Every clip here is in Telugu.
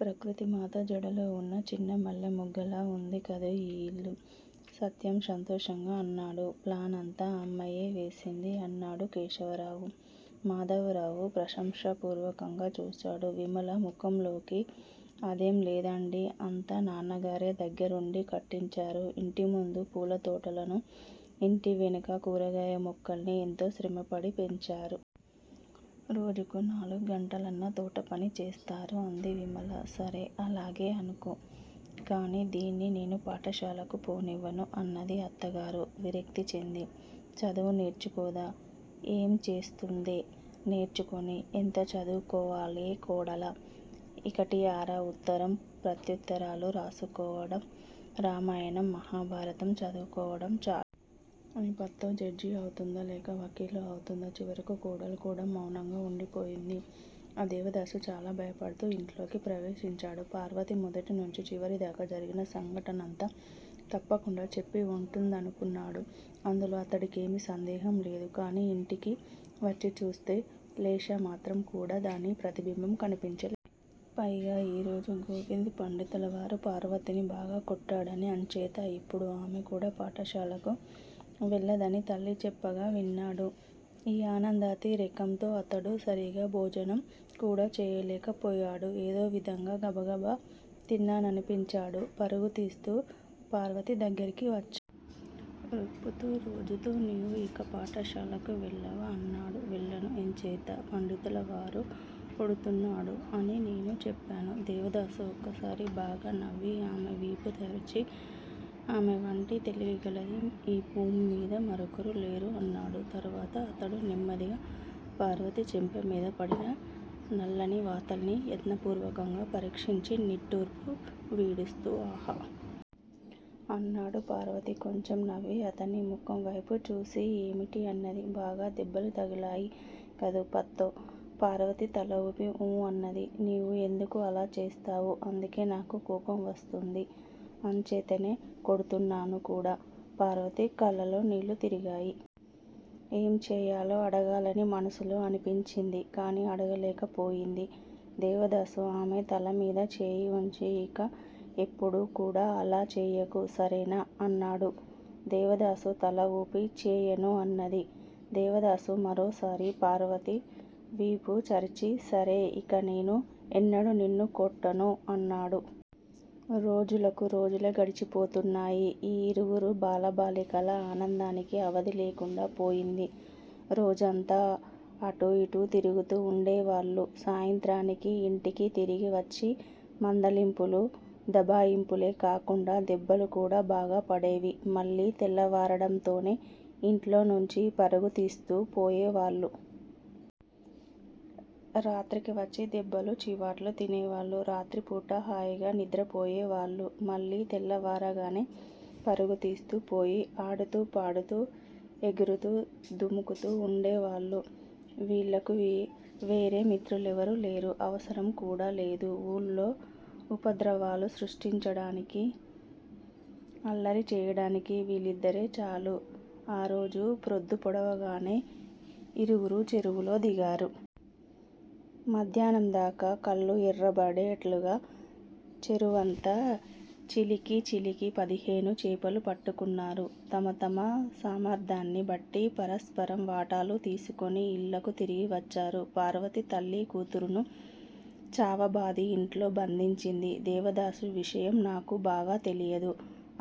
ప్రకృతిమాత జడలోవున్న చిన్న మల్లెమొగ్గలా ఉంది కదూ ఈ ఇల్లు? సత్యం సంతోషంగా అన్నాడు. ప్లానంతా అమ్మాయే వేసింది! అన్నాడు కేశవరావు. మాధవరావు ప్రశంసాపూర్వకంగా చూశాడు విమల ముఖంలోకి. అదేం లేదండీ! అంతా నాన్నగారే దగ్గిరవుండి కట్టించారు. ఇంటి ముందు పూలతోటనూ, ఇంటి వెనుక కూరగాయల మొక్కల్నీ ఎంతో శ్రమపడి పెంచారు. రోజుకు నాలుగు గంటలన్నా తోటపని చేస్తారు అంది విమల. సరే అలాగే అనుకో. కాని దీన్ని నేను పాఠశాలకు పోనివ్వను అన్నది అత్తగారు విరక్తి చెంది. చదువు నేర్చుకోదా? ఏం చేస్తుందే నేర్చుకొని? ఎంత చదువుకోవాలే కోడలా? ఇకటీ అరా ఉత్తరం ప్రత్యుత్తరాలు రాసుకోవడం, రామాయణం, మహాభారతం చదువుకోవడం చ! నీ పత్తో జడ్జీ అవుతుందా లేక వకీలు అవుతుందా? చివరకు కోడలు కూడా మౌనంగా వుండిపోయింది. ఆ దేవదాసు చాలా భయపడుతూ ఇంట్లోకి ప్రవేశించాడు. పార్వతి మొదటి నుంచి చివరి దాకా జరిగిన సంఘటనంతా తప్పకుండా చెప్పి వుంటుందనుకున్నాడు. అందులో అతడికేమీ సందేహంలేదు. కాని ఇంటికి వచ్చిచూస్తే లేశ మాత్రం కూడా దాని ప్రతిబింబం కనిపించలే. పైగా ఈ రోజు గోవింద్ పండితులవారు పార్వతిని బాగా కొట్టాడనీ అంచేత ఇప్పుడు ఆమె కూడా పాఠశాలకు వెళ్ళదనీ తల్లి చెప్పగా విన్నాడు. ఈ ఆనందాతి రేకంతో అతడు సరీగా భోజనం కూడా చేయలేకపోయాడు. ఏదో విధంగా గబగబా తిన్నాననిపించాడు. పరుగుతీస్తూ పార్వతి దగ్గరకు వచ్చా. రొప్పుతూ, రోజుతూ నీవు ఇక పాఠశాలకు వెళ్ళవా? అన్నాడు. వెళ్ళను! ఎంచేత? పండితులవారు కొడుతున్నాడు అని నేను చెప్పాను. దేవదాసు ఒక్కసారి బాగా నవ్వి, ఆమె వీపు చరిచి ఆమె వంటి తెలివిగలది ఈ భూమిమీద మరొకరులేరు అన్నాడు. తరువాత అతడు నెమ్మదిగా పార్వతి చెంపమీద పడిన నల్లని వాతల్ని యత్నపూర్వకంగా పరీక్షించి నిట్టూర్పు విడుస్తూ ఆహా! అన్నాడు. పార్వతి కొంచెం నవ్వి అతడి ముఖం వైపు చూసి ఏమిటీ అన్నది. బాగా దెబ్బలు తగిలాయి గదూ పత్తో? పార్వతి తలవూపి ఊఁ అన్నది. నీవు యెందుకు అలా చేస్తావు? అందుకే నాకు కోపం వస్తుంది. అందుచేతనే కొడుతున్నాను కూడా. పార్వతి కళ్ళల్లో నీళ్ళు తిరిగాయి. ఏం చేయాలో అడగాలని మనసులో అనిపించింది. కాని అడగలేకపోయింది. దేవదాసు ఆమె తలమీద చేయి ఉంచి ఇక ఎప్పుడూ కూడా అలా చేయకు, సరేనా? అన్నాడు. దేవదాసు తలవూపి చేయను అన్నది. దేవదాసు మరోసారి పార్వతి వీపుచరిచి, సరే ఇక నేను ఎన్నడూ నిన్ను కొట్టను అన్నాడు. రోజులకు రోజులే గడిచిపోతున్నాయి. ఈ ఇరువురు బాల బాలికల ఆనందానికి అవధిలేకుండా పోయింది. రోజంతా అటూ ఇటూ తిరుగుతూ వుండేవాళ్ళు. సాయంత్రానికి ఇంటికి తిరిగి వచ్చి మందలింపులూ, దబాయింపులే కాకుండా దెబ్బలు కూడా బాగా పడేవి. మళ్ళీ తెల్లవారడంతోనే ఇంట్లో నుంచి పరుగుతీస్తూ పోయే వాళ్ళు. రాత్రికి వచ్చి దెబ్బలూ, చీవాట్లూ తినేవాళ్ళు. రాత్రిపూట హాయిగా నిద్రపోయేవాళ్ళు. మళ్ళీ తెల్లవారగానే పరుగుతీస్తూ పోయి ఆడుతూ, పాడుతూ, ఎగురుతూ, దుముకుతూ ఉండేవాళ్ళు. వీళ్ళకు వేరే మిత్రులెవరూలేరు. అవసరం కూడా లేదు. ఊళ్ళో ఉపద్రవాలు సృష్టించడానికీ, అల్లరి చేయడానికీ వీళ్ళిద్దరే చాలు. ఆ రోజు ప్రొద్దు పొడవగానే ఇరువురూ చెరువులో దిగారు. మధ్యాహ్నందాకా కళ్ళు ఎర్రబడేటట్లుగా చెరువంతా చిలికి చిలికి పదిహేను చేపలు పట్టుకున్నారు. తమ తమ సామర్ధ్యాన్ని బట్టి పరస్పరం వాటాలు తీసికొని ఇళ్ళకు తిరిగి వచ్చారు. పార్వతి తల్లి కూతురును చావబాది ఇంట్లో బంధించింది. దేవదాసు విషయం నాకు బాగా తెలియదు.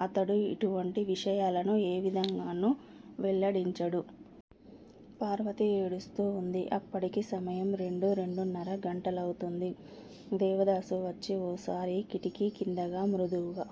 అతడు ఇటువంటి విషయాలను ఏ విధంగానూ వెల్లడించడు. పార్వతి ఏడుస్తూ వుంది. అప్పటికి సమయం రెండూ, రెండున్నర గంటలవుతుంది. దేవదాసు వచ్చి ఒకసారి కిటికీ క్రిందగా మృదువుగా